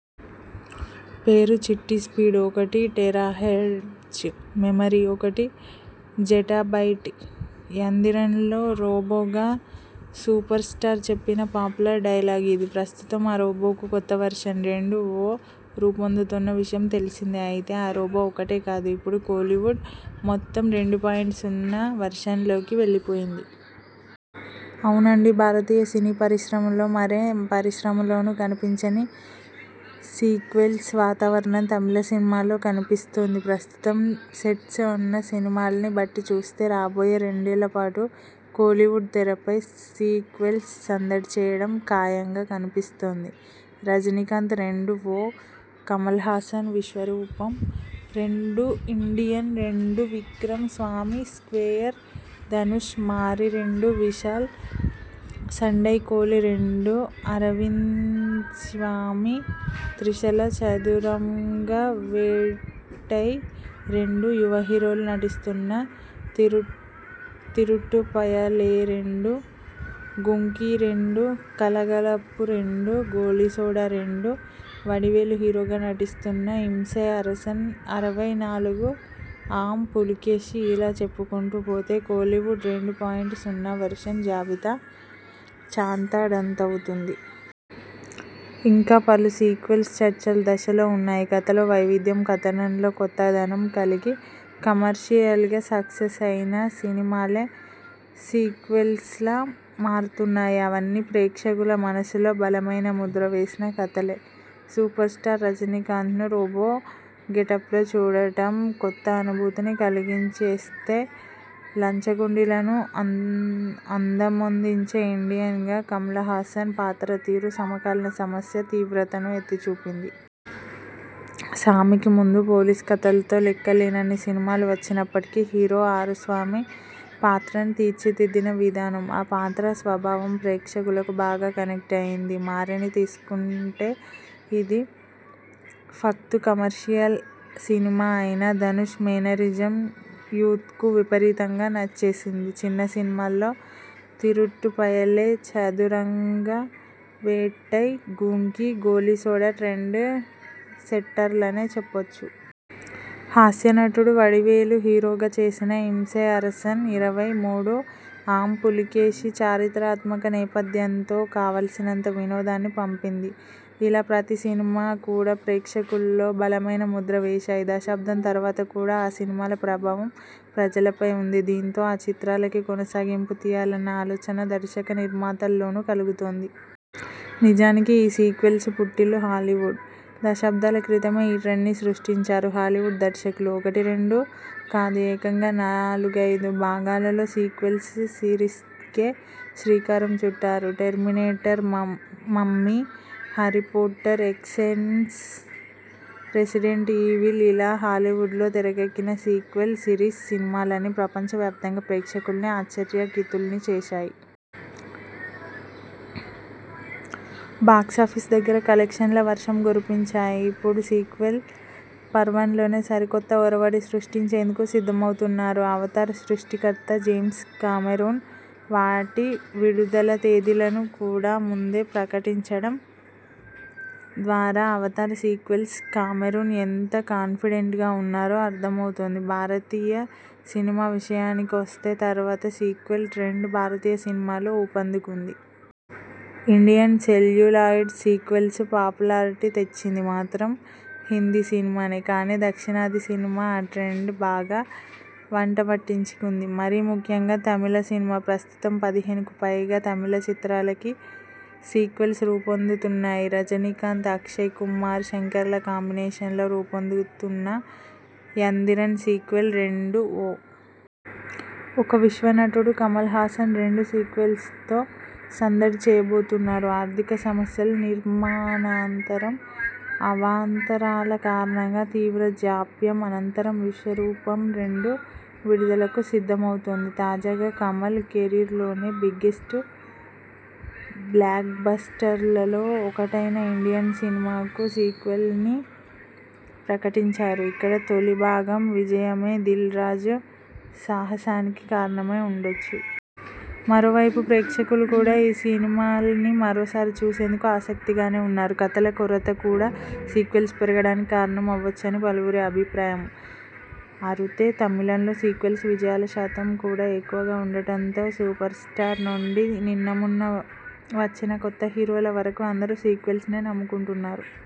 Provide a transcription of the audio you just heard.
పేరు చిట్టి స్పీడ్ ఒకటి terahertz, memory ఒకటి జెటాబైట్'యందిరన్'లో రోబోగా సూపర్స్టార్ చెప్పిన పాపులర్ డైలాగు ఇది. ప్రస్తుతం ఆ రోబోకు కొత్త వెర్షన్ 'రెండు.ఓ' రూపొందుతోన్న విషయం తెలిసిందే. అయితే ఆ రోబో ఒక్కటే కాదు, ఇప్పుడు కోలీవుడ్ మొత్తం రెండు పాయింట్ సున్నా వెర్షన్లోకి వెళ్లిపోయింది. అవునండి, భారతీయ సినీ పరిశ్రమలో మరే పరిశ్రమలోనూ కనిపించని సీక్వెల్స్ వాతావరణం తమిళ సినిమాలో కనిపిస్తోంది. ప్రస్తుతం సెట్స్ ఉన్న సినిమాల్ని బట్టి చూస్తే రాబోయే రెండేళ్లపాటు కోలీవుడ్ తెరపై సీక్వెల్స్ సందడి చేయడం ఖాయంగా కనిపిస్తోంది. రజనీకాంత్ 'రెండు.ఓ', కమల్హాసన్ 'విశ్వరూపం-రెండు', 'ఇండియన్-రెండు', విక్రమ్ 'సామి స్క్వేయర్', ధనుష్ 'మారిరెండు' విశాల్ 'సండైకోళిరెండు', అరవింద్స్వామి త్రిషల 'చదురంగవేట్టైరెండు', యువ హీరోలు నటిస్తున్న తిరుట్టు 'తిరుట్టుపయలేరెండు', 'గుంకీరెండు', 'కలగలప్పురెండు', 'గోలీసోడారెండు', వడివేలు హీరోగా నటిస్తున్న 'ఇంసై అరసన్ ఇరవై నాలుగు ఆమ్ పులికేశి'ఇలా చెప్పుకుంటూ పోతే కోలీవుడ్ రెండు పాయింట్ సున్నా వెర్షన్ జాబితా చాంతాడంతవుతుంది. ఇంకా పలు సీక్వెల్స్ చర్చల దశలో ఉన్నాయి. కథలో వైవిధ్యం, కథనంలో కొత్త దనం కలిగి కమర్షియల్గా సక్సెస్ అయిన సినిమాలే సీక్వెల్స్లా మారుతున్నాయి. అవన్నీ ప్రేక్షకుల మనసులో బలమైన ముద్ర వేసిన కథలే. సూపర్స్టార్ రజనీకాంత్ను రోబో గెటప్లో చూడడం కొత్త అనుభూతిని కలిగించిస్తే, లంచగొండిలను అంద్ అందమొందించే 'ఇండియన్'గా కమల్హాసన్ పాత్ర తీరు సమకాలీన సమస్య తీవ్రతను ఎత్తి చూపింది. 'సామి'కి ముందు పోలీసు కథలతో లెక్కలేనన్ని సినిమాలు వచ్చినప్పటికీ, హీరో ఆరుస్వామి పాత్రని తీర్చిదిద్దిన విధానం, ఆ పాత్ర స్వభావం ప్రేక్షకులకు బాగా కనెక్ట్ అయ్యింది. 'మార'ని తీసుకుంటేఇది ఫక్తు కమర్షియల్ సినిమా అయినా, ధనుష్ మేనరిజం యూత్కు విపరీతంగా నచ్చేసింది. చిన్న సినిమాల్లో 'తిరుట్టుపయలే', 'చదురంగవేట్టై', 'గుంకీ', 'గోలీసోడా' ట్రెండ్ సెట్టర్లనే చెప్పొచ్చు. హాస్యనటుడు వడివేలు హీరోగా చేసిన 'ఇంసై అరసన్ ఇరవై మూడుఆమ్ పులికేశి' చారిత్రాత్మక నేపథ్యంతో కావాల్సినంత వినోదాన్ని పంపింది. ఇలా ప్రతి సినిమా కూడా ప్రేక్షకుల్లో బలమైన ముద్ర వేశాయి. దశాబ్దం తరువాత కూడా ఆ సినిమాల ప్రభావం ప్రజలపై ఉంది. దీంతో ఆ చిత్రాలకి కొనసాగింపు తీయాలన్న ఆలోచన దర్శక, నిర్మాతల్లోను కలుగుతోంది. నిజానికి ఈ సీక్వెల్స్కు పుట్టిల్లు హాలీవుడ్. దశాబ్దాల క్రితమే ఈ ట్రెండ్ని సృష్టించారు హాలీవుడ్ దర్శకులు. ఒకటి, రెండు కాదుఏకంగా నాలుగైదు భాగాలతో సీక్వెల్స్ సిరీస్కే శ్రీకారం చుట్టారు. 'టెర్మినేటర్', 'మమ్మీ', 'హారీపోట్టర్', 'ఎక్నస్ ', 'రెసిడెంట్ ఈవిల్'ఇలా హాలీవుడ్లో తెరకెక్కిన సీక్వెల్ సిరీస్ సినిమాలన్నీ ప్రపంచవ్యాప్తంగా ప్రేక్షకుల్ని ఆశ్చర్యకితుల్ని చేశాయి. బాక్సాఫీస్ దగ్గర కలెక్షన్ల వర్షం గురిపించాయి. ఇప్పుడు సీక్వెల్ పర్వంలోనే సరికొత్త ఒరవడి సృష్టించేందుకు సిద్ధమవుతున్నారు 'అవతార్' సృష్టికర్త జేమ్స్ కామెరూన్. వాటి విడుదల తేదీలను కూడా ముందే ప్రకటించడం ద్వారా 'అవతార్' సీక్వెల్స్ కామెరూన్ ఎంత కాన్ఫిడెంట్గా ఉన్నారో అర్ధమవుతుంది. భారతీయ సినిమా విషయాని కొస్తే తరువాత సీక్వెల్ ట్రెండ్ భారతీయ సినిమాలో ఊపందుకుంది. ఇండియన్ సెల్యులాయిడ్ సీక్వెల్స్కు పాపులారిటీ తెచ్చింది మాత్రం హిందీ సినిమానే. కానీ, దక్షిణాది సినిమా ఆ ట్రెండ్ బాగా వంటబట్టించుకుంది మరీ ముఖ్యంగా తమిళ సినిమా. ప్రస్తుతం పదిహేనుకుపైగా తమిళ చిత్రాలకి సీక్వెల్స్ రూపొందుతున్నాయి. రజనీకాంత్, అక్షయ్ కుమార్, శంకర్ల కాంబినేషన్లో రూపొందుతున్న 'యందిరన్' సీక్వెల్ 'రెండు.ఓ' ఇక విశ్వనటుడు కమల్హాసన్ రెండు సీక్వెల్స్తో సందడి చేయబోతున్నారు. ఆర్ధిక సమస్యలు, నిర్మాణాంతర అవాంతరాల కారణంగా తీవ్ర జాప్యం అనంతరం 'విశ్వరూపంరెండు' విడుదలకు సిద్ధమవుతోంది. తాజాగా కమల్ కెరీర్లోనే బిగ్గెస్ట్ బ్లాక్బస్టర్లలో ఒకటైన 'ఇండియన్' సినిమాకు సీక్వెల్నీ ప్రకటించారు. ఇక్కడా తొలి భాగం విజయమే దిల్రాజు సాహసానికి కారణమై ఉండొచ్చు. మరోవైపు ప్రేక్షకులు కూడా ఈ సినిమాల్ని మరోసారి చూసేందుకు ఆసక్తిగానే ఉన్నారు. కథల కొరత కూడా సీక్వెల్స్ పెరగడానికి కారణం అవొచ్చని పలువురి అభిప్రాయం. అరుతే తమిళంలో సీక్వెల్స్ విజయాల శాతం కూడా ఎక్కువగా ఉండడంతో సూపర్స్టార్ నుండి నిన్న మొన్న వచ్చిన కొత్త హీరోల వరకు అందరూ సీక్వెల్స్నే నమ్ముకుంటున్నారు.